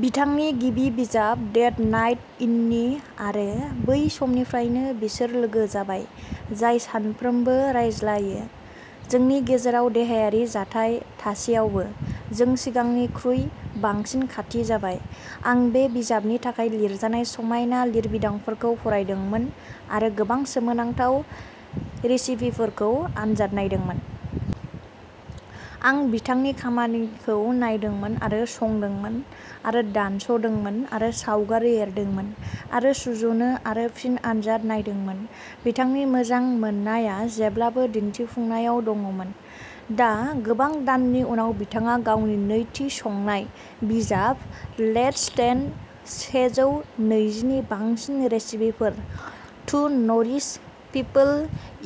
बिथांनि गिबि बिजाब डेट नाइट इननि, आरो बै समनिफ्रायनो बिसोर लोगो जाबाय, जाय सानफ्रोमबो रायज्लायो। जोंनि गेजेराव देहायारि जानथाय थासेयावबो, जों सिगांनिख्रुइ बांसिन खाथि जाबाय। आं बे बिजाबनि थाखाय लिरजानाय समायना लिरबिदांफोरखौ फरायदोंमोन, आरो गोबां सोमोनांथाव रेसिपिफोरखौ आनजाद नायदोंमोन। आं बिथांनि खामानिखौ नायदोंमोन आरो संदोंमोन आरो दानस' दोंमोन आरो सावगारि एरदोंमोन आरो सुजुनो आरो फिन आनजाद नायदोंमोन, बिथांनि मोजां मोननाया जेब्लाबो दिन्थिफुंनायाव दंङमोन। दा, गोबां दाननि उनाव, बिथाङा गावनि नैथि संनाय बिजाब, लेट्स स्टेन सेजौ नैजिनि बांसिन रेसिपिफोर टु न'रिश पिपोल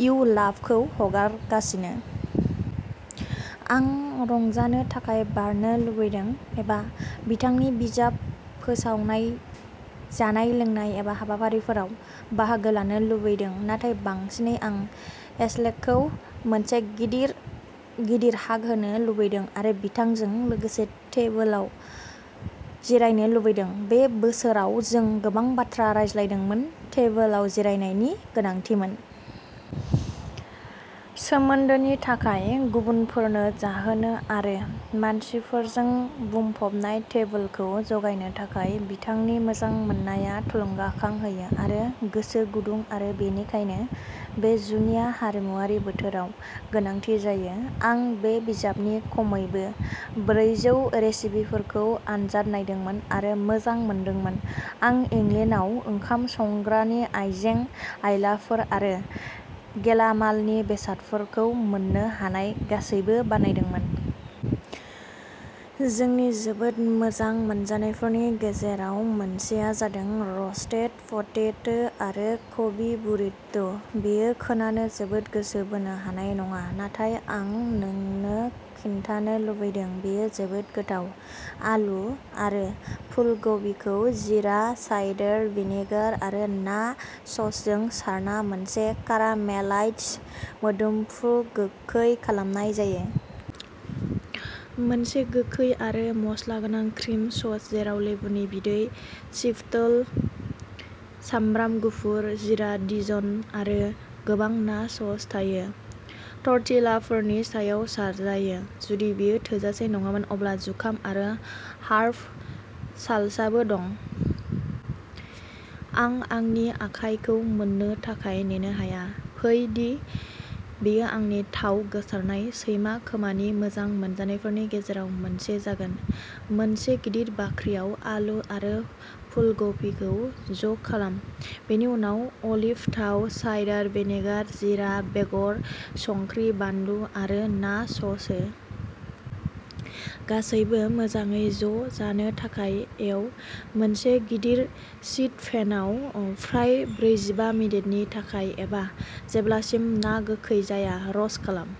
इउ लाभखौ हगारगासिनो। आं रंजानो थाखाय बारनो लुबैदों, एबा बिथांनि बिजाब फोसावनाय जानाय लोंनाय एबा हाबाफारिफोराव बाहागो लानो लुबैदों, नाथाय बांसिनै आं एशलेखौ मोनसे गिदिर, गिदिर हाग होनो लुबैदों आरो बिथांजों लोगोसे टेबोलाव जिरायनो लुबैदों। बे बोसोराव जों गोबां बाथ्रा रायज्लायदोंमोन, टेबोलाव जिरायनायनि गोनांथिमोन। सोमोन्दोनि थाखाय, गुबुनफोरनो जाहोनो, आरो मानसिफोरजों बुंफबनाय टेबोलखौ जगायनो थाखाय बिथांनि मोजां मोननाया थुलुंगाखां होयो आरो गोसो गुदुं आरो बेनिखायनो बे जुनिया हारिमुआरि बोथोराव गोनांथि जायो। आं बे बिजाबनि खमैबो ब्रैजौ रेसिपिफोरखौ आनजाद नायदोंमोन आरो मोजां मोनदोंमोन, आं इंलेन्डआव ओंखाम संग्रानि आइजें आइलाफोर आरो गेलामालनि बेसादफोरखौ मोननो हानाय गासैबो बानायदोंमोन। जोंनि जोबोद मोजां मोनजानायफोरनि गेजेराव मोनसेआ जादों रस्टेड पटेटो आरो कबि बुरिट'। बेयो खोनानो जोबोद गोसो बोनो हानाय नङा, नाथाय आं नोंनो खिन्थानो लुबैदों, बेयो जोबोद गोथाव। आलु आरो फुलकबिखौ जीरा, साइडार भिनेगार आरो ना ससजों सारना मोनसे कारामेलाइज्ड, मोदोमफ्रु गोखै खालामनाय जायो। मोनसे गोखै आरो मस्ला गोनां क्रिम सस जेराव लेबुनि बिदै, चिपटल, सामब्राम गुफुर, जीरा, डिजन आरो गोबां ना सस थायो, टर्टिलाफोरनि सायाव सारजायो। जुदि बेयो थोजासे नङामोन, अब्ला जुखाम आरो हार्ब सालसाबो दं। आं आंनि आखायखौ मोन्नो थाखाय नेनो हाया, फै दि बेयो आंनि थाव गोसारनाय, सैमा खोमानि मोजां मोनजानायफोरनि गेजेराव मोनसे जागोन। मोनसे गिदिर बाख्रियाव आलु आरो फुलकबिखौ ज' खालाम। बेनि उनाव अलिभ थाव, साइडार भिनेगार, जीरा बेगर, संख्रि, बानलु आरो ना सस हो। गासैबो मोजाङै ज' जानो थाखाय एव। मोनसे गिदिर शीट पेनआव फ्राय ब्रैजिबा मिनिटनि थाखाय एबा जेब्लासिम ना गोखै जाया र'स्ट खालाम।